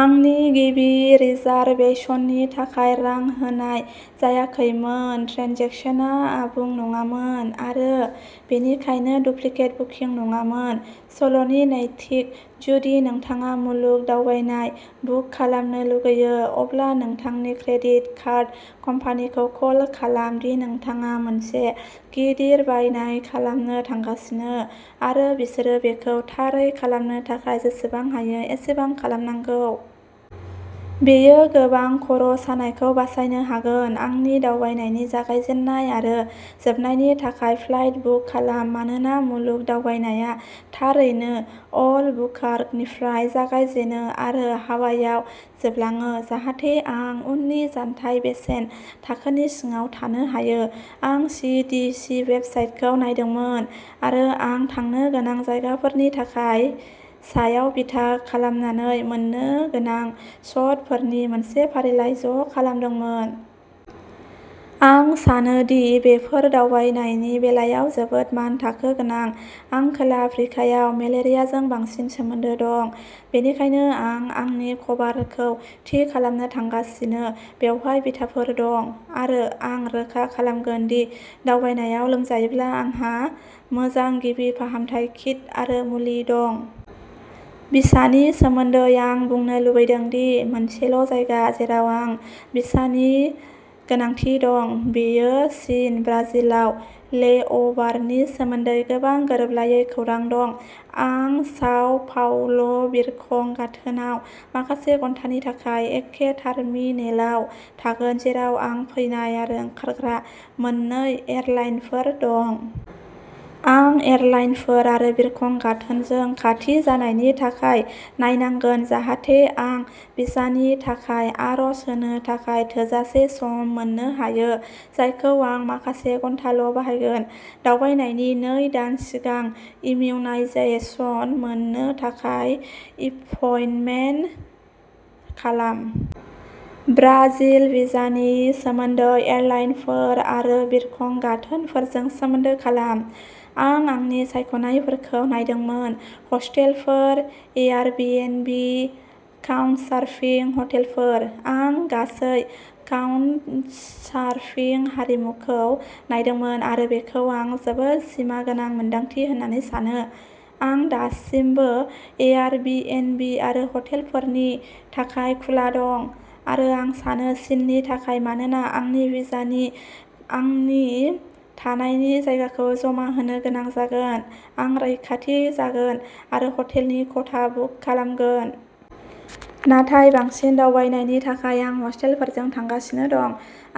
आंनि गिबि रिजार्भेशननि थाखाय रां होनाय जायाखैमोन ट्रेन्जेकसनआ आबुं नङामोन आरो बेनिखायनो डुप्लिकेट बुकिं नङामोन। सल'नि नैतिक जुदि नोंथाङा मुलुग दावबायनाय बुक खालामनो लुगैयो अब्ला नोंथांनि क्रेडिट कार्ड कम्पानिखौ कल खालाम दि नोंथाङा मोनसे गिदिर बायनाय खालामनो थांगासिनो आरो बिसोरो बेखौ थारै खालामनो थाखाय जेसेबां हायो एसेबां खालामनांगौ। बेयो गोबां खर'सानायखौ बासायनो हागोन। आंनि दावबायनायनि जागायजेन्नाय आरो जोबनायनि थाखाय फ्लाइट बुक खालाम मानोना मुलुग दावबायनायआ थारैनो अल्बुकार्कनिफ्राय जागायजेनो आरो हावाइआव जोबलाङो जाहाथे आं उननि जानथाय बेसेन थाखोनि सिङाव थानो हायो। आं सि डि सि वेबसाइटखौ नायदोंमोन आरो आं थांनो गोनां जायगाफोरनि सायाव बिथा खालामनानै मोन्नो गोनां शटफोरनि मोनसे फारिलाइ ज'खालामदोंमोन। आं सानो दि बेफोर दावबायनायनि बेलायाव जोबोद मानथाखो गोनां। आं खोला आफ्रिकायाव मेलेरियाजों बांसिन सोमोनदो दं बेनिखायनो आं आंनि कभारखौ थि खालामनो थांगासिनो बेवहाय बिथाफोर दं। आरो आं रोखा खालामगोन दि दावबायनायाव लोमजायोब्ला आंहा मोजां गिबि फाहामथाय किट आरो मुलि दं। भिसानि सोमोन्दै आं बुंनो लुबैदों दि मोनसेल'जायगा जेराव आंनो भिसानि गोनांथि दं बेयो चीन। ब्राजिलाव लेअ'भारनि सोमोन्दै गोबां गोरोबलायै खौरां दं। आं साव पाउल'बिरखं गाथोनाव माखासे घन्टानि थाखाय एखे टार्मिनेलाव थागोन जेराव आं फैनाय आरो ओंखारग्रा मोन्नै एयारलाइनफोर दं। आं एयारलाइनफोर आरो बिरखं गाथोनजों खाथि जानायनि थाखाय नायनांगोन जाहाथे आं भिसानि थाखाय आर'ज होनो थाखाय थोजासे सम मोननो हायो जायखौ आं माखासे घन्टाल' बाहायगोन। दावबायनायनि नै दान सिगां इमिउनायजेसन मोननो थाखाय एपइन्टमेन्ट खालाम। ब्राजिल भिसानि सोमोन्दै एयारलाइनफोर आरो बिरखं गाथोनफोरजों सोमोन्दो खालाम। आं आंनि सायख'नायफोरखौ नायदोंमोन हस्टेलफोर एयारबिएनबि काउचसार्फिं हटेलफोर। आं गासै काउचसार्फिं हारिमुखौ नायदोंमोन आरो बेखौ आं जोबोद सिमा गोनां मोनदांथि होननानै सानो। आं दासिमबो एयारबिएनबि आरो हटेलफोरनि थाखाय खुला दं आरो आं सानो चिननि थाखाय मानोना आंनि भिसाया आंनि थानायनि जायगाखौ जमा होनो गोनां जागोन आं रैखाथि जागोन आरो हटेलनि खथा बुक खालामगोन। नाथाय बांसिन दावबायनायनि थाखाय आं हस्टेलफोरजों थांगासिनो दं।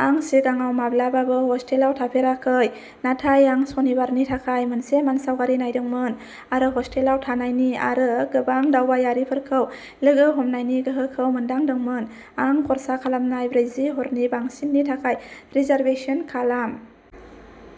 आं सिगाङाव माब्लाबाबो हस्टेलाव थाफेराखै नाथाय आं सनिबारनि थाखाय मोनसे मानसावगारि नायदोंमोन आरो हस्टेलाव थानायनि आरो गोबां दावबायारिफोरखौ लोगो हमनायनि गोहोखौ मोनदांदोंमोन। आं खर्सा खालामनाय ब्रैजि हरनि बांसिननि थाखाय रिजार्भेसन खालाम।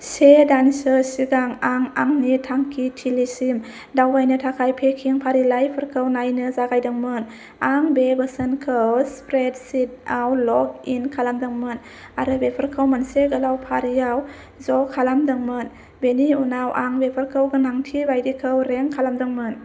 से दानसो सिगां आं आंनि थांखिथिलिसिम दावबायनो थाखाय पेकिं फारिलाइफोरखौ नायनो जागायदोंमोन। आं बे बोसोनखौ स्प्रेडशीटआव लग इन खालामदोंमोन आरो बेफोरखौ मोनसे गोलाव फारियाव ज'खालामदोंमोन। बेनि उनाव आं बेफोरखौ गोनांथि बायदियै रेंक खालामदोंमोन।